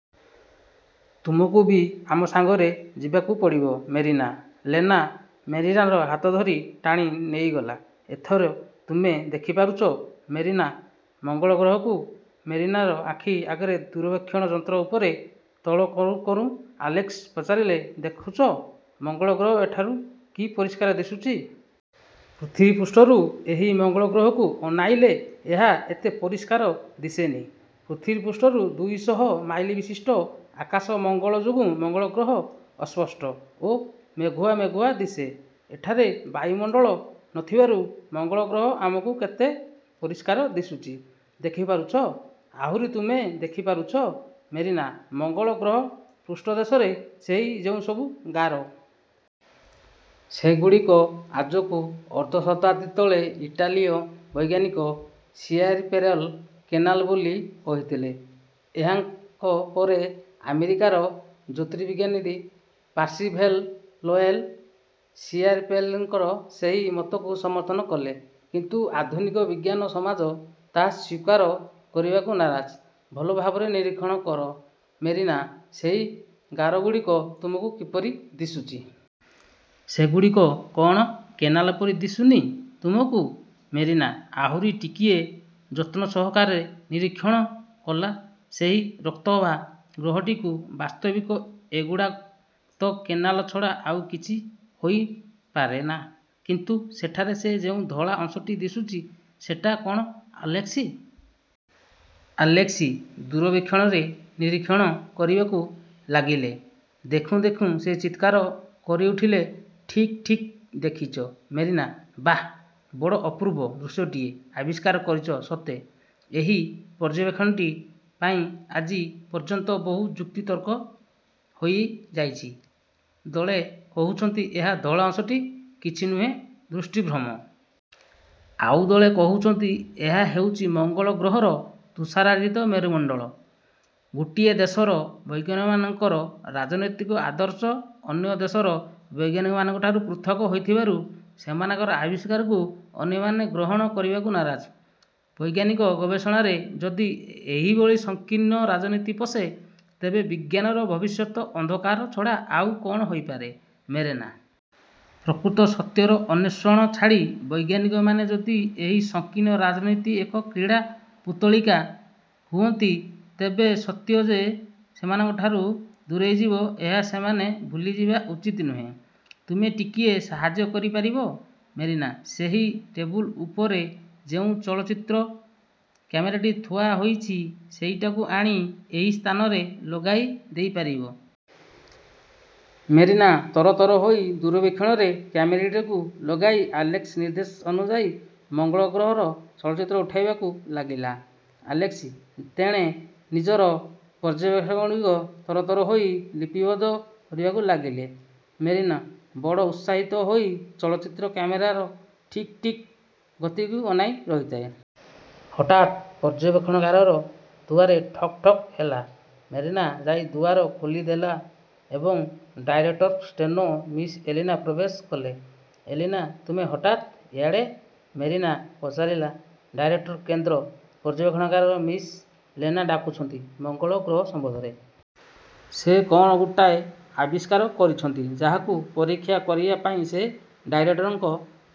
ତୁମକୁ ବି ଆମ ସାଙ୍ଗରେ ଯିବାକୁ ପଡ଼ିବ ମେରିନା। '' ଲେନା ମେରିନାର ହାତ ଧରି ଟାଣି। ନେଇଗଲା। ''ଏଥର ତୁମେ ଦେଖିପାରୁଛ ମେରିନା ମଙ୍ଗଳଗ୍ରହକୁ? '' ମେରିନାର ଆଖି ଆଗର ଦୂରବୀକ୍ଷଣ ଯନ୍ତ୍ରକୁ ଉପର ତଳ କରୁଁ କରୁଁ ଆଲେସ୍କି ପଚାରିଲେ, ''ଦେଖୁଛ ମଙ୍ଗଳଗ୍ରହ ଏଠାରୁ କି ପରିଷ୍କାର ଦିଶୁଚି। ପୃଥିବୀପୃଷ୍ଠରୁ ଏହି ମଙ୍ଗଳଗ୍ରହକୁ ଅନାଇଲେ, ଏହା ଏତେ ପରିଷ୍କାର ଦିଶେନି। ପୃଥିବୀପୃଷ୍ଠର ଦୁଇ ଶହ ମାଇଲବିଶିଷ୍ଟ ଆକାଶ ମଙ୍ଗଳ ଯୋଗୁ ମଙ୍ଗଳଗ୍ରହ ଅସ୍ପଷ୍ଟ ଓ ମେଘୁଆମେଘୁଆ ଦିଶେ। ଏଠାରେ ବାୟୁମଣ୍ଡଳ ନଥିବାରୁ ମଙ୍ଗଳଗ୍ରହ ଆମକୁ କେତେ ପରିଷ୍କାର ଦିଶୁଛି, ଦେଖିପାରୁଛ? ଆହୁରି ତୁମେ ଦେଖିପାରୁଛ ମେରିନା ମଙ୍ଗଳ ଗ୍ରହ ପୃଷ୍ଠଦେଶରେ ସେଇ ଯେଉଁସବୁ ଗାର? ସେଗୁଡ଼ିକୁ ଆଜକୁ ଅର୍ଦ୍ଧଶତାବ୍ଦୀ ତଳେ ଇଟାଲୀୟ ବୈଜ୍ଞାନିକ ସିଆପେରେଲ କେନାଲ ବୋଲି କହିଥିଲେ। ଏହାଙ୍କ ପରେ ଆମେରିକାର ଜ୍ୟୋତିର୍ବିଜ୍ଞାନବିଦ୍ ପାର୍ସିଭେଲ୍ ଲୋଏଲ୍ ସିଆପେରେଲିଙ୍କର ସେଇ ମତକୁ ସମର୍ଥନ କଲେ। କିନ୍ତୁ ଆଧୁନିକ ବିଜ୍ଞାନୀ ସମାଜ ତାହା ସ୍ୱୀକାର କରିବାକୁ ନାରାଜ। ଭଲ ଭାବରେ ନିରୀକ୍ଷଣ କର ମେରିନା, ସେଇ ଗାରଗୁଡ଼ିକ ତୁମକୁ କିପରି ଦିଶୁଚି। ସେଗୁଡ଼ିକ କ'ଣ କେନାଲ ପରି ଦିଶୁନି ତୁମକୁ? '' ମେରିନା ଆହୁରି ଟିକିଏ ଯତ୍ନସହକାରେ ନିରୀକ୍ଷଣ କଲା ସେହି ରକ୍ତଭା ଗ୍ରହଟିକୁ–''ବାସ୍ତବିକ ଏଗୁଡ଼ାକ ତ କେନାଲ ଛଡ଼ା ଆଉ କିଛି ହୋଇପାରେ ନା। କିନ୍ତୁ ସେଠାରେ ସେ ଯେଉଁ ଧଳା ଅଂଶଟି ଦିଶୁଛି, ସେଟା କ'ଣ ଆଲେସ୍କି? '' ଆଲେସ୍କି ଦୂରବିକ୍ଷଣରେ ନିରୀକ୍ଷଣ କରିବାକୁ ଲାଗିଲେ। ଦେଖୁଁ ଦେଖୁଁ ସେ ଚିତ୍କାର କରିଉଠିଲେ, ''ଠିକ୍, ଠିକ୍ ଦେଖିଛ ମେରିନା! ବାଃ, ବଡ଼ ଅପୂର୍ବ ଦୃଶ୍ୟଟିଏ ଆବିଷ୍କାର କରିଛ ସତେ। ଏହି ପର୍ଯ୍ୟବେକ୍ଷଣଟି ପାଇଁ ଆଜି ପର୍ଯ୍ୟନ୍ତ ବହୁ ଯୁକ୍ତିତର୍କ ହୋଇଯାଇଛି। ଦଳେ କହୁଛନ୍ତି ଏହି ଧଳା ଅଂଶଟି କିଛି ନୁହେଁ, ଦୃଷ୍ଟିଭ୍ରମ। ଆଉ ଦଳେ କହୁଛନ୍ତି,. ଏହା ହେଉଛି ମଙ୍ଗଳ ଗ୍ରହର ତୁଷାରାଦିତ ମେରୁମଣ୍ଡଳ। ଗୋଟିଏ ଦେଶର ବୈଜ୍ଞାନିକମାନଙ୍କର ରାଜନୈତିକ ଆଦର୍ଶ ଅନ୍ୟ ଦେଶର ବୈଜ୍ଞାନିକମାନଙ୍କଠାରୁ ପୃଥକ୍ ହୋଇଥିବାରୁ, ସେମାନଙ୍କର ଆବିଷ୍କାରକୁ ଅନ୍ୟମାନେ ଗହଣ କରିବାକୁ ନାରାଜ। ବୈଜ୍ଞାନିକ ଗବେଷଣାରେ ଯଦି ଏହିଭଳି ସଂକୀର୍ଣ୍ଣ ରାଜନୀତି ପଶେ, ତେବେ ବିଜ୍ଞାନର ଭବିଷ୍ୟତ ଅନ୍ଧକାର ଛଡ଼ା ଆଉ କ'ଣ ହୋଇପାରେ ମେରିନା? ପ୍ରକୃତ ସତ୍ୟର ଅନ୍ୱେଷଣ ଛାଡ଼ି ବୈଜ୍ଞାନିକମାନେ ଯଦି ଏହି ସଂକୀର୍ଣ୍ଣ ରାଜନୀତିର ଏକ କ୍ରୀଡ଼ା ପୁତ୍ତଳିକା ହୁଅନ୍ତି, ତେବେ ସତ୍ୟ ଯେ ସେମାନଙ୍କଠାରୁ ଦୂରେଇଯିବ ଏହା ସେମାନେ ଭୁଲିଯିବା ଉଚିତ ନୁହେଁ। ତୁମେ ଟିକିଏ ସାହାଯ୍ୟ କରିପାରିବ ମେରିନା। ସେହି ଟେବୁଲ ଉପରେ ଯେଉଁ ଚଳଚ୍ଚିତ୍ର କ୍ୟାମେରାଟି ଥୁଆ ହୋଇଛି, ସେଇଟାକୁ ଆଣି ଏଇ ସ୍ଥାନରେ ଲଗାଇ ଦେଇ ପାରିବ? '' ମେରିନା ତର ତର ହୋଇ ଦୂରବୀକ୍ଷଣରେ କ୍ୟାମେରାଟିକୁ ଲଗାଇ ଆଲେସ୍କିଙ୍କ ନିର୍ଦ୍ଦେଶ ଅନୁଯାୟୀ ମଙ୍ଗଳଗ୍ରହର ଚଳଚ୍ଚିତ୍ର ଉଠାଇବାକୁ ଲାଗିଲା। ଆଲେସ୍କି ତେଣେ ନିଜର ପର୍ଯ୍ୟବେକ୍ଷଣଗୁଡ଼ିକୁ ତରତର ହୋଇ ଲିପିବଦ୍ଧ କରିବାକୁ ଲାଗିଗଲେ। ମେରିନା ବଡ଼ ଉତ୍ସାହିତ ହୋଇ ଚଳଚ୍ଚିତ୍ର କ୍ୟାମେରାର ଟିକ୍ ଟିକ୍ ଗତିକୁ ଅନାଇ ରହିଥାଏ। ହଠାତ୍ ପର୍ଯ୍ୟବେକ୍ଷଣାଗାରର ଦୁଆରେ ଠକ୍ ଠକ୍ ହେଲା। ମେରିନା ଯାଇ ଦୁଆର ଖୋଲିଦେଲା ଏବଂ ଡାଇରେକ୍ଟରଙ୍କର ଷ୍ଟେନୋ ମିସ୍ ଏଲିନା ପ୍ରବେଶ କଲେ। ''ଏଲିନା, ତୁମେ ହଠାତ୍ ଏଆଡ଼େ? '' ମେରିନା ପଚାରିଲା। ''ଡାଇରେକ୍ଟରଙ୍କୁ କେନ୍ଦ୍ର ପର୍ଯ୍ୟବେକ୍ଷଣାଗାରର ମିସ୍ ଲେନା ଡାକୁଛନ୍ତି। ମଙ୍ଗଳ ଗ୍ରହ ସମ୍ୱନ୍ଧରେ ସେ କ'ଣ ଗୋଟାଏ ଆବିଷ୍କାର କରିଛନ୍ତି, ଯାହାକୁ ପରୀକ୍ଷା କରିବା ପାଇଁ ସେ ଡାଇରେକ୍ଟରଙ୍କ